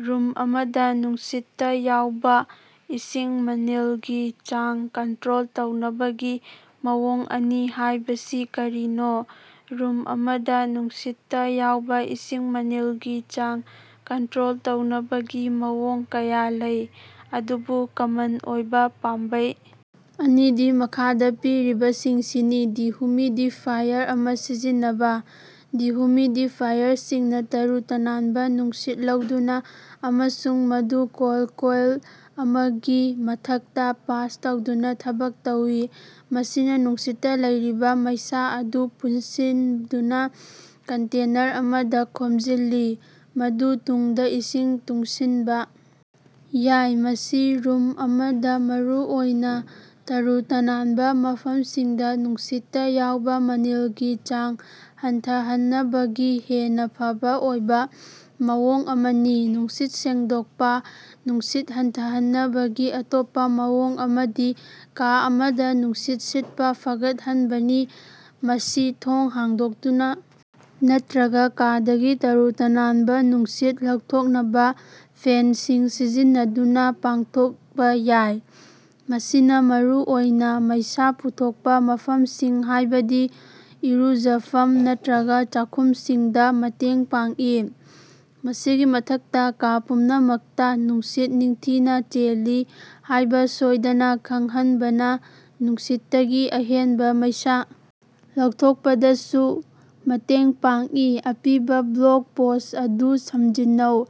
Room ꯑꯃꯗ ꯅꯨꯡꯁꯤꯠ ꯇ ꯌꯥꯎꯕ ꯏꯁꯤꯡ ꯃꯅꯤꯜ ꯒꯤ ꯆꯥꯡ ꯀꯟꯇ꯭ꯔꯣꯜ ꯇꯧꯅꯕꯒꯤ ꯃꯑꯣꯡ ꯑꯅꯤ ꯍꯥꯢꯕꯁꯤ ꯀꯔꯤꯅꯣ? ꯔꯨꯝ ꯑꯃꯗ ꯅꯨꯡꯁꯤꯠ ꯇ ꯌꯥꯎꯕ ꯏꯁꯤꯡ ꯃꯅꯤꯜ ꯒꯤ ꯆꯥꯡ ꯀꯟꯇ꯭ꯔꯣꯜ ꯇꯧꯅꯕꯒꯤ ꯃꯑꯣꯡ ꯀꯌꯥ ꯂꯩ ꯑꯗꯨꯕꯨ ꯀꯃꯟ ꯑꯣꯏꯕ ꯄꯥꯝꯕꯩ ꯑꯅꯤꯗꯤ ꯃꯈꯥꯗ ꯄꯤꯔꯤꯕꯁꯤꯡꯁꯤꯅꯤ: ꯗꯤꯍꯨꯃꯤꯗꯤꯐꯥꯏꯌꯔ ꯑꯃ ꯁꯤꯖꯤꯟꯅꯕ: ꯗꯤꯍꯨꯃꯤꯗꯤꯐꯥꯏꯌꯔꯁꯤꯡꯅ ꯇꯔꯨ-ꯇꯅꯥꯟꯕ ꯅꯨꯡꯁꯤꯠ ꯂꯧꯗꯨꯅ ꯑꯃꯁꯨꯡ ꯃꯗꯨ ꯀꯣꯜꯗ ꯀꯣꯏꯜ ꯑꯃꯒꯤ ꯃꯊꯛꯇ ꯄꯥꯁ ꯇꯧꯗꯨꯅꯥ ꯊꯕꯛ ꯇꯧꯏ꯫ ꯃꯁꯤꯅ ꯅꯨꯡꯁꯤꯠꯇ ꯂꯩꯔꯤꯕ ꯃꯩꯁꯥ ꯑꯗꯨ ꯄꯨꯟꯁꯤꯟꯗꯨꯅ ꯀꯟꯇꯦꯅꯔ ꯑꯃꯗ ꯈꯣꯝꯖꯤꯜꯂꯤ ꯃꯗꯨ ꯇꯨꯡꯗ ꯏꯁꯤꯡ ꯇꯨꯡꯁꯤꯟꯕ ꯌꯥꯏ꯫ ꯃꯁꯤ ꯔꯨꯝ ꯑꯃꯗ ꯃꯔꯨꯑꯣꯏꯅ ꯇꯔꯨ-ꯇꯅꯥꯟꯕ ꯃꯐꯝꯁꯤꯡꯗ ꯅꯨꯡꯁꯤꯠ ꯇ ꯌꯥꯎꯕ ꯃꯅꯤꯜꯒꯤ ꯆꯥꯡ ꯍꯟꯊꯍꯟꯅꯕꯒꯤ ꯍꯦꯟꯅ ꯐꯕ ꯑꯣꯏꯕ ꯃꯑꯣꯡ ꯑꯃꯅꯤ꯫ ꯅꯨꯡꯁꯤꯠ ꯁꯦꯡꯗꯣꯛꯄ: ꯅꯨꯡꯁꯤꯠ ꯍꯟꯊꯍꯟꯅꯕꯒꯤ ꯑꯇꯣꯞꯄ ꯃꯑꯣꯡ ꯑꯃꯗꯤ ꯀꯥ ꯑꯃꯗ ꯅꯨꯡꯁꯤꯠ ꯁꯤꯠꯄ ꯐꯒꯠꯍꯟꯕꯅꯤ꯫ ꯃꯁꯤ ꯊꯣꯡ ꯍꯥꯡꯗꯣꯛꯇꯨꯅ ꯅꯠꯇ꯭ꯔꯒ ꯀꯥꯗꯒꯤ ꯇꯔꯨ-ꯇꯅꯥꯟꯕ ꯅꯨꯡꯁꯤꯠ ꯂꯧꯊꯣꯛꯅꯕ ꯐꯦꯟꯁꯤꯡ ꯁꯤꯖꯤꯟꯅꯗꯨꯅ ꯄꯥꯡꯊꯣꯛꯄ ꯌꯥꯏ꯫ ꯃꯁꯤꯅ ꯃꯔꯨꯑꯣꯏꯅ ꯃꯩꯁꯥ ꯄꯨꯊꯣꯛꯄ ꯃꯐꯝꯁꯤꯡ ꯍꯥꯢꯕꯗꯤ ꯏꯔꯨꯖꯐꯝ ꯅꯠꯇ꯭ꯔꯒ ꯆꯥꯈꯨꯝꯁꯤꯡꯗ ꯃꯇꯦꯡ ꯄꯥꯡꯏ꯫ ꯃꯁꯤꯒꯤ ꯃꯊꯛꯇ, ꯀꯥ ꯄꯨꯝꯅꯃꯛꯇ ꯅꯨꯡꯁꯤꯠ ꯅꯤꯡꯊꯤꯅ ꯆꯦꯜꯂꯤ ꯍꯥꯢꯕ ꯁꯣꯢꯗꯅ ꯈꯪꯍꯟꯕꯅ ꯅꯨꯡꯁꯤꯠꯇꯒꯤ ꯑꯍꯦꯟꯕ ꯃꯩꯁꯥ ꯂꯧꯊꯣꯛꯄꯗꯁꯨ ꯃꯇꯦꯡ ꯄꯥꯡꯏ꯫ ꯑꯄꯤꯕꯥ ꯕ꯭ꯂꯣꯒ ꯄꯣꯁ꯭ꯠ ꯑꯗꯨ ꯁꯝꯖꯤꯟꯅꯧ꯫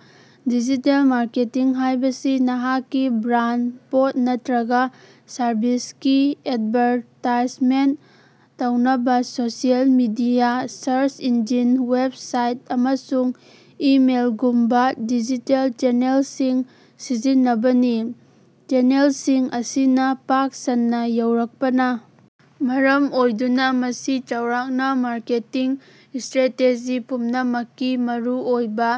ꯗꯤꯖꯤꯇꯦꯜ ꯃꯥꯔꯀꯦꯇꯤꯡ ꯍꯥꯢꯕꯁꯤ ꯅꯍꯥꯛꯀꯤ ꯕ꯭ꯔꯥꯟꯗ, ꯄꯣꯠ ꯅꯠꯇ꯭ꯔꯒ ꯁꯔꯚꯤꯁꯀꯤ ꯑꯦꯗꯚꯥꯔꯇꯥꯏꯖꯃꯦꯟꯇ ꯇꯧꯅꯕ social media, search engine, website ꯑꯃꯁꯨꯡ ꯏꯃꯦꯜꯒꯨꯝꯕ ꯗꯤꯖꯤꯇꯦꯜ ꯆꯦꯅꯦꯜꯁꯤꯡ ꯁꯤꯖꯤꯟꯅꯕꯅꯤ꯫ ꯆꯦꯅꯦꯜꯁꯤꯡ ꯑꯁꯤꯅ ꯄꯥꯛ ꯁꯟꯅ ꯌꯧꯔꯛꯄꯅ ꯃꯔꯝ ꯑꯣꯏꯗꯨꯅ ꯃꯁꯤ ꯆꯥꯎꯔꯥꯛꯅ ꯃꯥꯔꯀꯦꯇꯤꯡ ꯁꯇ꯭ꯔꯦꯇꯦꯖꯤ ꯄꯨꯝꯅꯃꯛꯀꯤ ꯃꯔꯨꯑꯣꯏꯕ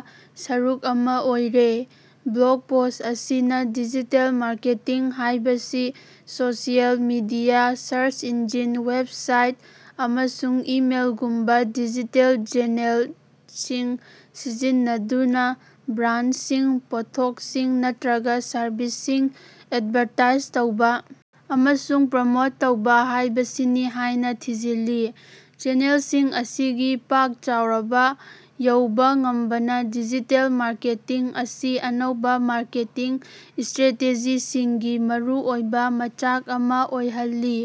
ꯁꯔꯨꯛ ꯑꯃ ꯑꯣꯏꯔꯦ꯫ ꯕ꯭ꯂꯣꯒ ꯄꯣꯁ꯭ꯠ ꯑꯁꯤꯅ ꯗꯤꯖꯤꯇꯦꯜ ꯃꯥꯔꯀꯦꯇꯤꯡ ꯍꯥꯢꯕꯁꯤ social media, search engine, website ꯑꯃꯁꯨꯡ ꯏꯃꯦꯜꯒꯨꯝꯕ ꯗꯤꯖꯤꯇꯦꯜ ꯆꯦꯅꯦꯜꯁꯤꯡ ꯁꯤꯖꯤꯟꯅꯗꯨꯅ ꯕ꯭ꯔꯥꯟꯗꯁꯤꯡ, ꯄꯣꯠꯊꯣꯛꯁꯤꯡ, ꯅꯠꯇ꯭ꯔꯒ ꯁꯔꯚꯤꯁꯁꯤꯡ ꯑꯦꯗꯚꯥꯔꯇꯥꯏꯖ ꯇꯧꯕ ꯑꯃꯁꯨꯡ ꯄ꯭ꯔꯃꯣꯠ ꯇꯧꯕꯥ ꯍꯥꯢꯕꯁꯤꯅꯤ ꯍꯥꯢꯅꯥ ꯊꯤꯖꯤꯜꯂꯤ꯫ ꯆꯦꯅꯦꯜꯁꯤꯡ ꯑꯁꯤꯒꯤ ꯄꯥꯛ ꯆꯥꯎꯔꯕ ꯌꯧꯕ ꯉꯝꯕꯅ ꯗꯤꯖꯤꯇꯦꯜ ꯃꯥꯔꯀꯦꯇꯤꯡ ꯑꯁꯤ ꯑꯅꯧꯕ ꯃꯥꯔꯀꯦꯇꯤꯡ ꯁꯇ꯭ꯔꯦꯇꯦꯖꯤꯁꯤꯡꯒꯤ ꯃꯔꯨꯑꯣꯏꯕ ꯃꯆꯥꯛ ꯑꯃ ꯑꯣꯏꯍꯜꯂꯤ꯫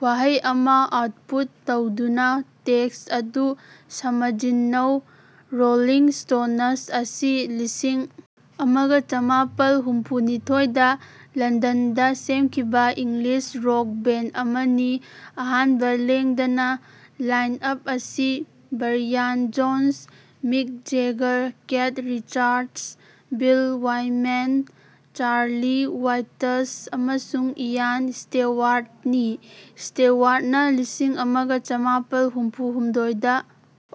ꯋꯥꯍꯩ ꯑꯃ ꯑꯥꯎꯠꯄꯨꯠ ꯇꯧꯗꯨꯅ ꯇꯦꯛꯁ ꯑꯗꯨ ꯁꯃꯖꯤꯟꯅꯧ꯫ ꯔꯣꯂꯤꯡ ꯁ꯭ꯇꯣꯅꯁ ꯑꯁꯤ ꯂꯤꯁꯤꯡ ꯑꯃꯒ ꯆꯥꯃꯥꯄꯜ ꯍꯨꯝꯐꯨ ꯅꯤꯊꯣꯏꯗ ꯂꯟꯗꯟꯗꯥ ꯁꯦꯝꯈꯤꯕ ꯏꯪꯂꯤꯁ ꯔꯣꯛ ꯕꯦꯟꯗ ꯑꯃꯅꯤ ꯑꯍꯥꯟꯕ ꯂꯦꯡꯗꯅ ꯂꯥꯏꯟ-ꯑꯞ ꯑꯁꯤ Brian Jones, Mick Jagger, Keith Richards, Bill Wyman, Charlie Watts ꯑꯃꯁꯨꯡ ꯏꯌꯥꯟ ꯁ꯭ꯇꯦꯋꯥꯔꯗꯅꯤ꯫ ꯁ꯭ꯇꯦꯋꯥꯔꯗꯅ ꯂꯤꯁꯤꯡ ꯑꯃꯒ ꯆꯥꯃꯥꯄꯜ ꯍꯨꯝꯐꯨ ꯍꯨꯝꯗꯣꯏꯗꯥ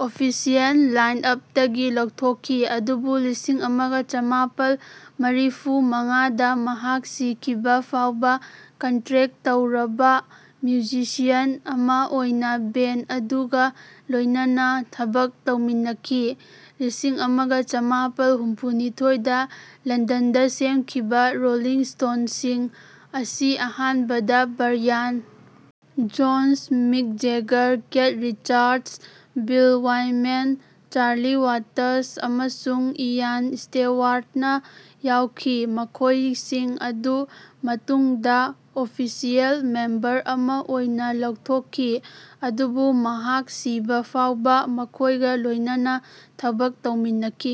ꯑꯣꯐꯤꯁꯤꯑꯦꯜ ꯂꯥꯏꯟ-ꯑꯞꯇꯒꯤ ꯂꯧꯊꯣꯛꯈꯤ ꯑꯗꯨꯕꯨ ꯂꯤꯁꯤꯡ ꯑꯃꯒ ꯆꯥꯃꯥꯄꯜ ꯃꯔꯤꯐꯨ ꯃꯉꯥꯗ ꯃꯍꯥꯛ ꯁꯤꯈꯤꯕ ꯐꯥꯎꯕ ꯀꯟꯇꯔꯦꯛꯇ ꯇꯧꯔꯕ ꯃ꯭ꯌꯨꯖꯤꯁꯤꯌꯥꯟ ꯑꯃ ꯑꯣꯏꯅ ꯕꯦꯟꯗ ꯑꯗꯨꯒ ꯂꯣꯢꯅꯅꯥ ꯊꯕꯛ ꯇꯧꯃꯤꯟꯅꯈꯤ꯫ ꯂꯤꯁꯤꯡ ꯑꯃꯒ ꯆꯥꯃꯥꯄꯜ ꯍꯨꯝꯐꯨꯅꯤꯊꯣꯏꯗ ꯂꯟꯗꯟꯗ ꯁꯦꯝꯈꯤꯕꯥ ꯔꯣꯂꯤꯡ ꯁ꯭ꯇꯣꯟꯁꯤꯡ ꯑꯁꯤ ꯑꯍꯥꯟꯕꯗ Brian Jones, Mick Jagger, Keith Richards, Bill Wyman, Charlie Watts ꯑꯃꯁꯨꯡ ꯏꯌꯥꯟ ꯁ꯭ꯇꯦꯋꯥꯔꯗꯅ ꯌꯥꯎꯈꯤ ꯃꯈꯣꯢꯁꯤꯡ ꯑꯗꯨ ꯃꯇꯨꯡꯗ ꯑꯣꯐꯤꯁꯤꯑꯦꯜ ꯃꯦꯝꯕꯔ ꯑꯃ ꯑꯣꯏꯅꯥ ꯂꯧꯊꯣꯛꯈꯤ ꯑꯗꯨꯕꯨ ꯃꯍꯥꯛ ꯁꯤꯕ ꯐꯥꯎꯕꯥ ꯃꯈꯣꯢꯒꯥ ꯂꯣꯢꯅꯅꯥ ꯊꯕꯛ ꯇꯧꯃꯤꯟꯅꯈꯤ꯫